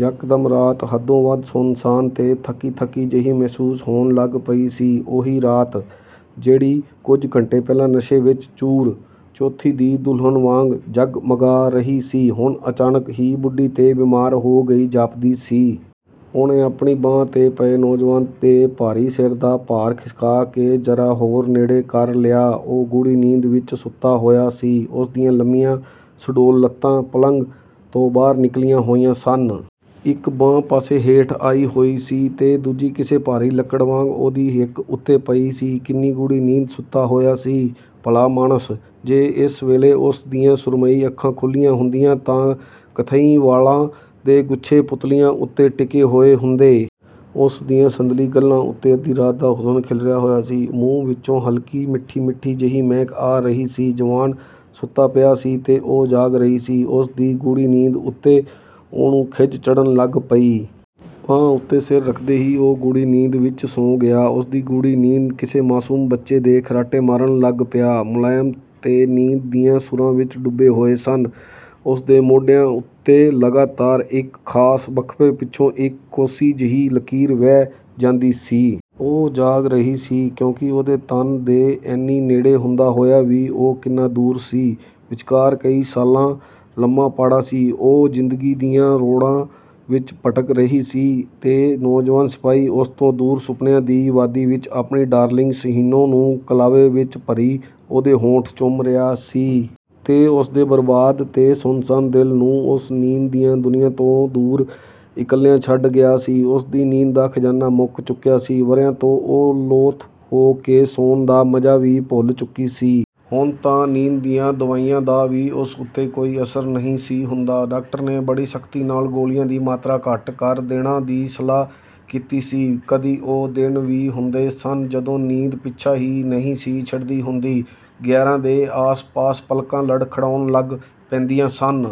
ਯਕਦਮ ਰਾਤ ਹੱਦੋਂ ਵੱਧ ਸੁੰਨਸਾਨ ਤੇ ਥੱਕੀ-ਥੱਕੀ ਜਿਹੀ ਮਹਿਸੂਸ ਹੋਣ ਲੱਗ ਪਈ ਸੀ। ਉਹੀ ਰਾਤ, ਜਿਹੜੀ ਕੁਝ ਘੰਟੇ ਪਹਿਲਾਂ ਨਸ਼ੇ ਵਿੱਚ ਚੂਰ, ਚੌਥੀ ਦੀ ਦੁਲਹਨ ਵਾਂਗ ਜਗਮਗਾ ਰਹੀ ਸੀ, ਹੁਣ ਅਚਾਨਕ ਹੀ ਬੁੱਢੀ ਤੇ ਬਿਮਾਰ ਹੋ ਗਈ ਜਾਪਦੀ ਸੀ। ਉਹਨੇ ਆਪਣੀ ਬਾਂਹ ਤੇ ਪਏ ਨੌਜਵਾਨ ਦੇ ਭਾਰੀ ਸਿਰ ਦਾ ਭਾਰ ਖਿਸਕਾ ਕੇ ਜ਼ਰਾ ਹੋਰ ਨੇੜੇ ਕਰ ਲਿਆ। ਉਹ ਗੂੜ੍ਹੀ ਨੀਂਦ ਵਿੱਚ ਸੁੱਤਾ ਹੋਇਆ ਸੀ। ਉਸਦੀਆਂ ਲੰਮੀਆਂ, ਸੁਡੌਲ ਲੱਤਾਂ ਪਲੰਘ ਤੋਂ ਬਾਹਰ ਨਿਕਲੀਆਂ ਹੋਈਆਂ ਸਨ। ਇੱਕ ਬਾਂਹ ਪਾਸੇ ਹੇਠ ਆਈ ਹੋਈ ਸੀ ਤੇ ਦੂਜੀ ਕਿਸੇ ਭਾਰੀ ਲੱਕੜ ਵਾਂਗ ਉਹਦੀ ਹਿੱਕ ਉੱਤੇ ਪਈ ਸੀ। ਕਿੰਨੀ ਗੂੜ੍ਹੀ ਨੀਂਦ ਸੁੱਤਾ ਹੋਇਆ ਸੀ, ਭਲਾਮਾਣਸ! ਜੇ ਇਸ ਵੇਲੇ ਉਸਦੀਆਂ ਸੁਰਮਈ ਅੱਖਾਂ ਖੁੱਲ੍ਹੀਆਂ ਹੁੰਦੀਆਂ, ਤਾਂ ਕਥਈ ਵਾਲਾਂ ਦੇ ਗੁੱਛੇ ਪੁਤਲੀਆਂ ਉੱਤੇ ਟਿਕੇ ਹੋਏ ਹੁੰਦੇ। ਉਸਦੀਆਂ ਸੰਦਲੀ ਗੱਲ੍ਹਾਂ ਉੱਤੇ ਅੱਧੀ ਰਾਤ ਦਾ ਹੁਸਨ ਖਿੱਲਰਿਆ ਹੋਇਆ ਸੀ। ਮੂੰਹ ਵਿਚੋਂ ਹਲਕੀ ਮਿੱਠੀ-ਮਿੱਠੀ ਜਿਹੀ ਮਹਿਕ ਆ ਰਹੀ ਸੀ । ਜਵਾਨ ਸੁੱਤਾ ਪਿਆ ਸੀ ਤੇ ਉਹ ਜਾਗ ਰਹੀ ਸੀ। ਉਸਦੀ ਗੂੜ੍ਹੀ ਨੀਂਦ ਉੱਤੇ ਉਹਨੂੰ ਖਿਝ ਚੜ੍ਹਨ ਲੱਗ ਪਈ। ਬਾਂਹ ਉੱਤੇ ਸਿਰ ਰੱਖਦੇ ਹੀ ਉਹ ਗੂੜ੍ਹੀ ਨੀਂਦ ਵਿੱਚ ਸੌਂ ਗਿਆ। ਉਸਦੀ ਗੂੜ੍ਹੀ ਨੀਂਦ ਕਿਸੇ ਮਾਸੂਮ ਬੱਚੇ ਦੇ ਖਰਾਟੇ ਮਾਰਨ ਲੱਗ ਪਿਆ, ਮੁਲਾਇਮ ਤੇ ਨੀਂਦ ਦੀਆਂ ਸੁਰਾਂ ਵਿੱਚ ਡੁੱਬੇ ਹੋਏ ਸਨ। ਉਸਦੇ ਮੋਢਿਆਂ ਉੱਤੇ ਲਗਾਤਾਰ, ਇੱਕ ਖਾਸ ਵਕਫ਼ੇ ਪਿੱਛੋਂ, ਇੱਕ ਕੋਸੀ ਜਿਹੀ ਲਕੀਰ ਵਹਿ ਜਾਂਦੀ ਸੀ। ਉਹ ਜਾਗ ਰਹੀ ਸੀ, ਕਿਉਂਕਿ ਉਹਦੇ ਤਨ ਦੇ ਏਨੀ ਨੇੜੇ ਹੁੰਦਾ ਹੋਇਆ ਵੀ ਉਹ ਕਿੰਨਾ ਦੂਰ ਸੀ। ਵਿਚਕਾਰ ਕਈ ਸਾਲਾਂ ਲੰਮਾ ਪਾੜਾ ਸੀ। ਉਹ ਜ਼ਿੰਦਗੀ ਦੀਆਂ ਰੌੜਾਂ ਵਿੱਚ ਭਟਕ ਰਹੀ ਸੀ ਤੇ ਨੌਜਵਾਨ ਸਿਪਾਹੀ ਉਸ ਤੋਂ ਦੂਰ ਸੁਪਨਿਆਂ ਦੀ ਵਾਦੀ ਵਿੱਚ ਆਪਣੀ ਡਾਰਲਿੰਗ ਸ਼ਹੀਨੋ ਨੂੰ ਕਲਾਵੇ ਵਿੱਚ ਭਰੀ ਉਹਦੇ ਹੋਂਠ ਚੁੰਮ ਰਿਹਾ ਸੀ... ਤੇ ਉਸਦੇ ਬਰਬਾਦ ਤੇ ਸੁੰਨਸਾਨ ਦਿਲ ਨੂੰ, ਉਸ ਨੀਂਦ ਦੀ ਦੁਨੀਆ ਤੋਂ ਦੂਰ, ਇਕੱਲਿਆਂ ਛੱਡ ਗਿਆ ਸੀ। ਉਸਦੀ ਨੀਂਦ ਦਾ ਖ਼ਜ਼ਾਨਾ ਮੁੱਕ ਚੁੱਕਿਆ ਸੀ। ਵਰ੍ਹਿਆਂ ਤੋਂ ਉਹ ਲੋਥ ਹੋ ਕੇ ਸੌਣ ਦਾ ਮਜ਼ਾ ਵੀ ਭੁੱਲ ਚੁੱਕੀ ਸੀ। ਹੁਣ ਤਾਂ ਨੀਂਦ ਦੀਆਂ ਦਵਾਈਆਂ ਦਾ ਵੀ ਉਸ ਉੱਤੇ ਕੋਈ ਅਸਰ ਨਹੀਂ ਸੀ ਹੁੰਦਾ। ਡਾਕਟਰ ਨੇ ਬੜੀ ਸਖ਼ਤੀ ਨਾਲ ਗੋਲੀਆਂ ਦੀ ਮਾਤਰਾ ਘੱਟ ਕਰ ਦੇਣਾ ਦੀ ਸਲਾਹ ਕੀਤੀ ਸੀ। ਕਦੀ ਉਹ ਦਿਨ ਵੀ ਹੁੰਦੇ ਸਨ, ਜਦੋਂ ਨੀਂਦ ਪਿੱਛਾ ਹੀ ਨਹੀਂ ਸੀ ਛੱਡਦੀ ਹੁੰਦੀ। ਗਿਆਰਾਂ ਦੇ ਆਸ-ਪਾਸ ਪਲਕਾਂ ਲੜਖੜਾਉਣ ਲੱਗ ਪੈਂਦੀਆਂ ਸਨ।